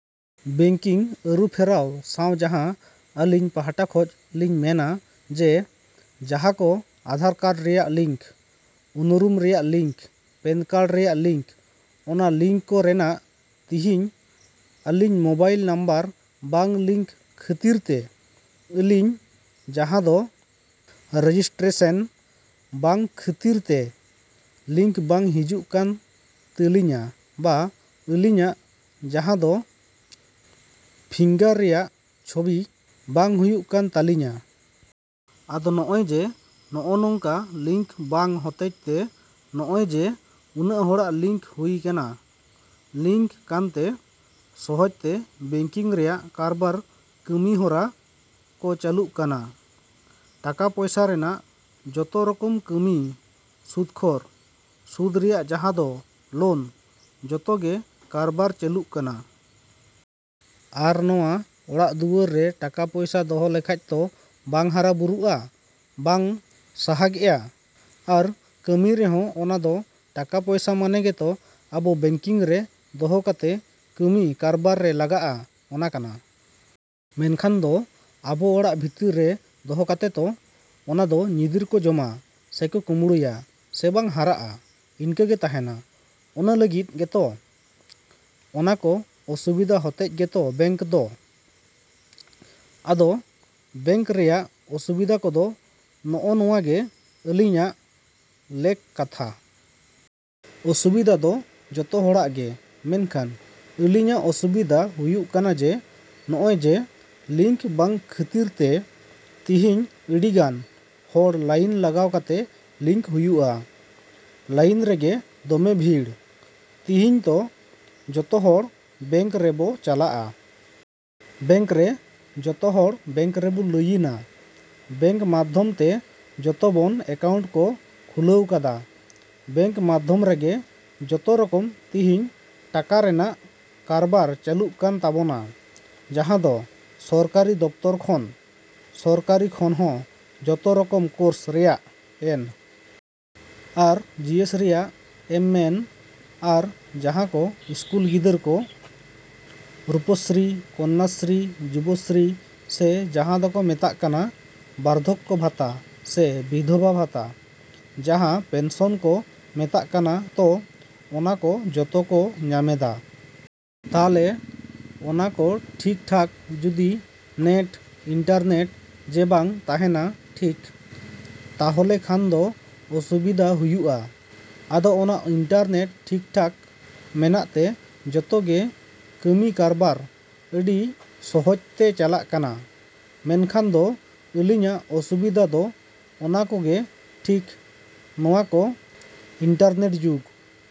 Banking ᱟᱹᱨᱩᱯᱷᱮᱨᱟᱣ ᱥᱟᱶ ᱡᱟᱦᱟᱸ ᱟᱹᱞᱤᱧ ᱯᱟᱦᱴᱟ ᱠᱷᱚᱡ ᱞᱤᱧ ᱢᱮᱱᱟ ᱡᱮ, ᱡᱟᱦᱟᱸ ᱠᱚ ᱟᱫᱷᱟᱨ ᱠᱟᱨᱰ ᱨᱮᱭᱟᱜ ᱞᱤᱝᱠ, ᱩᱱᱩᱨᱩᱢ ᱨᱮᱭᱟᱜ ᱞᱤᱝᱠ, ᱯᱮᱱ ᱠᱟᱨᱰ ᱨᱮᱭᱟᱜ ᱞᱤᱝᱠ ᱚᱱᱟ ᱞᱤᱝᱠ ᱠᱚ ᱨᱮᱱᱟᱜ ᱛᱤᱦᱤᱧ ᱟᱹᱞᱤᱧ ᱢᱳᱵᱟᱭᱤᱞ ᱱᱟᱢᱵᱟᱨ ᱵᱟᱝ ᱞᱤᱝᱠ ᱠᱷᱟᱹᱛᱤᱨ ᱛᱮ ᱟᱹᱞᱤᱧ ᱡᱟᱦᱟᱸ ᱫᱚ ᱨᱮᱡᱤᱥᱴᱨᱮᱥᱮᱱ ᱵᱟᱝ ᱠᱷᱟᱹᱛᱤᱨ ᱛᱮ ᱞᱤᱝᱠ ᱵᱟᱝ ᱦᱤᱡᱩᱜ ᱠᱟᱱ ᱛᱟᱹᱞᱤᱧᱟ ᱵᱟ ᱟᱹᱞᱤᱧᱟᱜ ᱡᱟᱦᱟᱸ ᱫᱚ ᱯᱷᱤᱝᱜᱟᱨ ᱨᱮᱭᱟᱜ ᱪᱷᱚᱵᱤ ᱵᱟᱝ ᱦᱩᱭᱩᱜ ᱠᱟᱱ ᱛᱟᱞᱤᱧᱟ᱾ ᱟᱫᱚ ᱱᱚᱜᱼᱚᱭ ᱡᱮ, ᱱᱚᱜᱼᱚ ᱱᱚᱝᱠᱟ ᱞᱤᱝᱠ ᱵᱟᱝ ᱦᱚᱛᱮᱡ ᱛᱮ ᱱᱚᱜᱼᱚᱭ ᱡᱮ, ᱩᱱᱟᱹᱜ ᱦᱚᱲᱟᱜ ᱞᱤᱝᱠ ᱦᱩᱭ ᱠᱟᱱᱟ, ᱞᱤᱝᱠ ᱠᱟᱱᱛᱮ ᱥᱚᱦᱚᱡ ᱛᱮ ᱵᱮᱝᱠᱤᱝ ᱨᱮᱭᱟᱜ ᱠᱟᱨᱵᱟᱨ ᱠᱟᱹᱢᱤ ᱦᱚᱨᱟ ᱠᱚ ᱪᱟᱞᱩᱜ ᱠᱟᱱᱟ᱾ ᱴᱟᱠᱟ ᱯᱚᱭᱥᱟ ᱨᱮᱱᱟᱜ ᱡᱚᱛᱚ ᱨᱚᱠᱚᱢ ᱠᱟᱹᱢᱤ, ᱥᱩᱫ ᱠᱷᱳᱨ ᱥᱩᱫ ᱨᱮᱭᱟᱜ ᱡᱟᱦᱟᱸ ᱫᱚ ᱞᱳᱱ, ᱡᱚᱛᱚ ᱜᱮ ᱠᱟᱨᱵᱟᱨ ᱪᱟᱹᱞᱩᱜ ᱠᱟᱱᱟ᱾ ᱟᱨ ᱱᱚᱣᱟ ᱠᱚ ᱚᱲᱟᱜ ᱫᱩᱣᱟᱹᱨ ᱨᱮ ᱴᱟᱠᱟ ᱯᱚᱭᱥᱟ ᱫᱚᱦᱚ ᱞᱮᱠᱷᱟᱡ ᱛᱚ, ᱵᱟᱝ ᱦᱟᱨᱟ ᱵᱩᱨᱩᱜᱼᱟ, ᱵᱟᱝ ᱥᱟᱷᱜᱮᱜᱼᱟ᱾ ᱟᱨ ᱠᱟᱹᱢᱤ ᱨᱮᱦᱚᱸ ᱚᱱᱟ ᱫᱚ ᱴᱟᱠᱟ ᱯᱚᱭᱥᱟ ᱢᱟᱱᱮ ᱜᱮᱛᱚ ᱟᱵᱚ ᱵᱮᱝᱠᱤᱝ ᱨᱮ ᱫᱚᱦᱚ ᱠᱟᱛᱮ ᱠᱟᱹᱢᱤ ᱠᱟᱨᱵᱟᱨ ᱨᱮ ᱞᱟᱜᱟᱜᱼᱟ, ᱚᱱᱟ ᱠᱟᱱᱟ᱾ ᱢᱮᱱᱠᱷᱟᱱ ᱫᱚ ᱟᱵᱚ ᱚᱲᱟᱜ ᱵᱷᱤᱛᱤᱨ ᱨᱮ ᱫᱚᱦᱚ ᱠᱟᱛᱮ ᱛᱚ, ᱚᱱᱟ ᱫᱚ ᱧᱤᱫᱤᱨ ᱠᱚ ᱡᱚᱢᱟ ᱥᱮᱠᱚ ᱠᱩᱢᱵᱲᱩᱭᱟ, ᱥᱮ ᱵᱟᱝ ᱦᱟᱨᱟᱜᱼᱟ ᱤᱱᱠᱟᱹᱜᱮ ᱛᱟᱦᱮᱱᱟ ᱚᱱᱟ ᱞᱟᱹᱜᱤᱫ ᱜᱮᱛᱚ, ᱚᱱᱟᱠᱚ ᱚᱥᱩᱵᱤᱫᱟ ᱦᱟᱛᱮᱡ ᱜᱮᱛᱚ ᱵᱮᱝᱠ ᱫᱚ᱾ ᱟᱫᱚ ᱵᱮᱝᱠ ᱨᱮᱭᱟᱜ ᱚᱥᱩᱵᱤᱫᱟ ᱠᱚᱫᱚ ᱱᱚᱜᱼᱚ ᱱᱚᱣᱟᱜᱮ ᱟᱹᱞᱤᱧᱟᱜ ᱞᱮᱠ ᱠᱟᱛᱷᱟ᱾ ᱚᱥᱩᱵᱤᱫᱟ ᱫᱚ ᱡᱚᱛᱚ ᱦᱚᱲᱟᱜ ᱜᱮ ᱢᱮᱱᱠᱷᱟᱱ ᱟᱹᱞᱤᱧᱟᱜ ᱚᱥᱩᱵᱤᱫᱟ ᱦᱩᱭᱩᱜ ᱠᱟᱱᱟ ᱡᱮ, ᱱᱚᱜᱼᱚᱭ ᱡᱮ, ᱞᱤᱝᱠ ᱵᱟᱝ ᱠᱷᱟᱹᱛᱤᱨ ᱛᱮ ᱛᱤᱦᱤᱧ ᱟᱹᱰᱤᱜᱟᱱ ᱦᱚᱲ ᱞᱟᱭᱤᱱ ᱞᱟᱜᱟᱣ ᱠᱟᱛᱮ ᱞᱤᱝᱠ ᱦᱩᱭᱩᱜᱼᱟ᱾ ᱞᱟᱭᱤᱱ ᱨᱮᱜᱮ ᱫᱚᱢᱮ ᱵᱷᱤᱲ᱾ ᱛᱤᱦᱤᱧ ᱛᱚ, ᱡᱚᱛᱚ ᱦᱚᱲ ᱵᱮᱝᱠ ᱨᱮᱵᱚ ᱪᱟᱞᱟᱜᱼᱟ᱾ ᱵᱮᱝᱠ ᱨᱮ, ᱡᱚᱛᱚ ᱦᱚᱲ ᱵᱮᱝᱠ ᱨᱮᱵᱚ ᱞᱟᱹᱭᱤᱱᱟ᱾ ᱵᱮᱝᱠ ᱢᱟᱫᱽᱫᱷᱚᱢ ᱛᱮ ᱡᱚᱛᱚ ᱵᱚᱱ ᱮᱠᱟᱣᱩᱱᱴ ᱠᱚ ᱠᱷᱩᱞᱟᱹᱣ ᱠᱟᱫᱟ, ᱵᱮᱝᱠ ᱢᱟᱫᱽᱫᱷᱚᱢ ᱨᱮᱜᱮ ᱡᱚᱛᱚ ᱨᱚᱠᱚᱢ ᱛᱤᱦᱤᱧ ᱴᱟᱠᱟ ᱨᱮᱱᱟᱜ ᱠᱟᱨᱵᱟᱨ ᱪᱟᱹᱞᱩᱜ ᱠᱟᱱ ᱛᱟᱵᱚᱱᱟ᱾ ᱡᱟᱦᱟᱸ ᱫᱚ ᱥᱚᱨᱠᱟᱨᱤ ᱫᱚᱯᱛᱚᱨ ᱠᱷᱚᱱ, ᱥᱚᱨᱠᱟᱨᱤ ᱠᱷᱚᱱ ᱦᱚᱸ ᱡᱚᱛᱚ ᱨᱚᱠᱚᱢ ᱠᱳᱨᱥ ᱨᱮᱭᱟᱜ, ᱮᱱ. ᱟᱨ. ᱡᱤ. ᱮᱥ. ᱨᱮᱭᱟᱜ ᱮᱢ ᱢᱮᱱ ᱟᱨ ᱡᱟᱦᱟᱸ ᱠᱚ ᱤᱥᱠᱩᱞ ᱜᱤᱫᱟᱹᱨ ᱠᱚ, ᱨᱩᱯᱚᱥᱨᱤ, ᱠᱚᱱᱱᱟᱥᱨᱤ, ᱡᱩᱵᱚᱥᱨᱤ, ᱥᱮ ᱡᱟᱦᱟᱸ ᱫᱚᱠᱚ ᱢᱮᱛᱟᱜ ᱠᱟᱱᱟ ᱵᱟᱨᱫᱷᱚᱠᱠᱚ ᱵᱷᱟᱛᱟ ᱥᱮ ᱵᱤᱫᱷᱚᱵᱟ ᱵᱷᱟᱛᱟ ᱡᱟᱦᱟᱸ ᱯᱮᱱᱥᱚᱱ ᱠᱚ ᱢᱮᱛᱟᱜ ᱠᱟᱱᱟ ᱛᱚ, ᱚᱱᱟ ᱠᱚ ᱡᱚᱛᱚ ᱠᱚ ᱧᱟᱢᱮᱫᱟ᱾ ᱛᱟᱦᱞᱮ ᱚᱱᱟ ᱠᱚ ᱴᱷᱤᱠᱼᱴᱷᱟᱠ ᱡᱩᱫᱤ ᱱᱮᱴ, ᱤᱱᱴᱟᱨ ᱱᱮᱴ ᱡᱮ, ᱵᱟᱝ ᱛᱟᱦᱮᱱᱟ ᱴᱷᱤᱠ, ᱛᱟᱦᱚᱞᱮ ᱠᱷᱟᱱ ᱫᱚ ᱚᱥᱩᱵᱤᱫᱟ ᱦᱩᱭᱩᱜᱼᱟ᱾ ᱟᱫᱚ ᱚᱱᱟ ᱤᱱᱴᱟᱨᱱᱮᱴ ᱴᱷᱤᱠᱼᱴᱷᱟᱠ ᱢᱮᱱᱟᱜ ᱛᱮ ᱡᱚᱛᱚ ᱜᱮ ᱠᱟᱹᱢᱤ ᱠᱟᱨᱵᱟᱨ ᱟᱹᱰᱤ ᱥᱚᱦᱚᱡ ᱛᱮ ᱪᱟᱞᱟᱜ ᱠᱟᱱᱟ᱾ ᱢᱮᱱᱠᱷᱟᱱ ᱫᱚ ᱟᱹᱞᱤᱧᱟᱜ ᱚᱥᱩᱵᱤᱫᱟ ᱫᱚ ᱚᱱᱟ ᱠᱚᱜᱮ ᱴᱷᱤᱠ ᱱᱚᱣᱟ ᱠᱚ ᱤᱱᱴᱟᱨᱱᱮᱴ ᱡᱩᱜᱽ᱾